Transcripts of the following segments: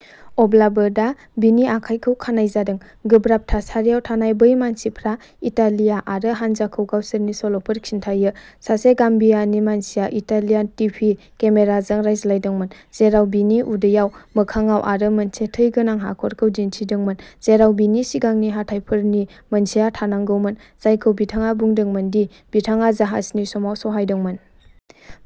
" अब्लाबो दा, बिनि आखाइखौ खानाय जादों। गोब्राब थासारियाव थानाय बै मानसिफ्रा इटालिया आरो हानजाखौ गावसोरनि सल'फोर खिन्थायो। सासे गाम्बियानि मानसिया इटालियान टिभि केमेराजों रायज्लायदोंमोन, जेराव बिनि उदैयाव, मोखांआव आरो मोनसे थै गोनां हाखरखौ दिन्थिदोंमोन जेराव बिनि सिगांनि हाथाइफोरनि मोनसेआ थानांगौमोन, जायखौ बिथाङा बुंदोंमोन दि बिथाङा जाहाजनि समाव सहायदोंमोन।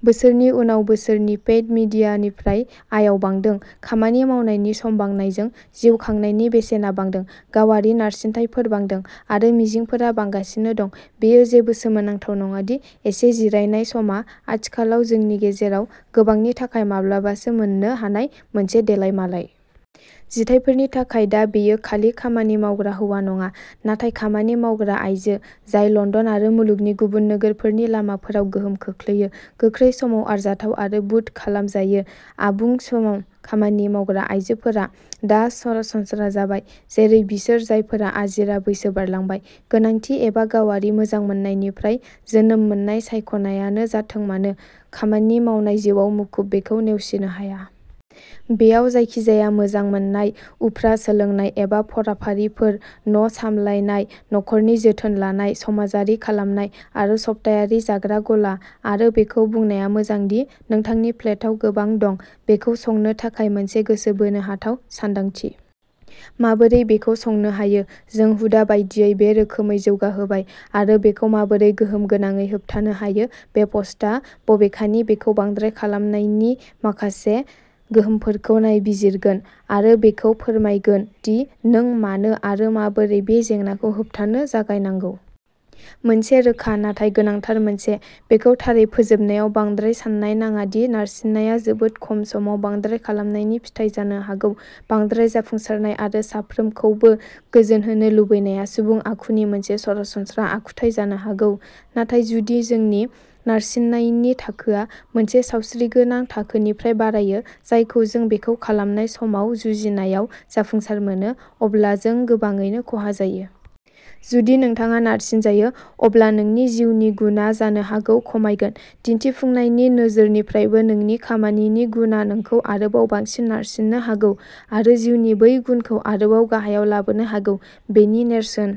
बोसोरनि उनाव बोसोरनि पेइड मिडियानिफ्राय आयाव बांदों। खामानि मावनायनि सम बांनायजों, जिउ खांनायनि बेसेना बांदों, गावारि नारसिनथायफोर बांदों आरो मिजिंफोरा बांगासिनो दं, बेयो जेबो सोमोनांथाव नङा दि एसे जिरायनाय समआ आथिखालाव जोंनि गेजेराव गोबांनि थाखाय माब्लाबासो मोननो हानाय मोनसे देलायमालाय। जिथायफोरनि थाखाय दा बेयो खालि खामानि मावग्रा हौवा नङा, नाथाय खामानि मावग्रा आइजो जाय लन्दन आरो मुलुगनि गुबुन नोगोरफोरनि लामाफोराव गोहोम खोख्लैयो, गोख्रै समाव आरजाथाव आरो बुट खालामजायो। आबुं सम खामानि मावग्रा आइजोफोरा दा सरासनस्रा जाबाय जेरै बिसोर जायफोरा आजिरा बैसो बारलांबाय; गोनांथि एबा गावारि मोजां मोननायनिफ्राय जोनोम मोननाय सायख'नायानो जाथों मानो, खामानि मावनाय जिउआ मुखुब बेखौ नेवसिनो हाया। बेयाव जायखिजाया मोजां मोननाय, उफ्रा सोलोंनाय एबा फरायफारिफोर, न'सामलायनाय, नखरनि जोथोन लानाय, समाजारि खालामनाय आरो सप्तायारि जाग्रा गला आरो बेखौ बुंनाया मोजां दि नोंथांनि प्लेटाव गोबां दं। बेखौ संनो थाखाय मोनसे गोसो बोनो हाथाव सानदांथि। माबोरै बेखौ संनो हायो। जों हुदा बायदियै बे रोखोमै जौगाहोबाय आरो बेखौ माबोरै गोहोम गोनाङै होबथानो हायो, बे पस्टआ बबेखानि बेखौ "बांद्राय" खालामनायनि माखासे गोहोमफोरखौ नायबिजिरगोन आरो बेखौ फोरमायगोन दि नों मानो आरो माबोरै बे जेंनाखौ होबथानो जागायनांगौ। मोनसे रोखा नाथाय गोनांथार मोनसे। बेखौ थारै फोजोबनायाव बांद्राय सान्नाय नाङा दि नारसिननाया जोबोद खम समाव बांद्राय खालामनायनि फिथाय जानो हागौ। बांद्राय जाफुंसारनाय आरो साफ्रोमखौबो गोजोनहोनो लुबैनाया सुबुं आखुनि मोनसे सरासनस्रा आखुथाइ जानो हागौ, नाथाय जुदि जोंनि नारसिननायनि थाखोआ मोनसे सावस्रिगोनां थाखोनिफ्राय बारायो जायखौ जों बेखौ खालामनाय समाव जुजिनायाव जाफुंसार मोनो, अब्ला जों गोबाङैनो खहा जायो। जुदि नोंथाङा नारसिनजायो अब्ला नोंनि जिउनि गुनआ जानो हागौ खमायगोन। दिन्थिफुंनायनि नोजोरनिफ्रायबो नोंनि खामानिनि गुनआ नोंखौ आरोबाव बांसिन नारसिननो हागौ आरो जिउनि बै गुनखौ आरोबाव गाहायाव लाबोनो हागौ-बेनि नेरसोन।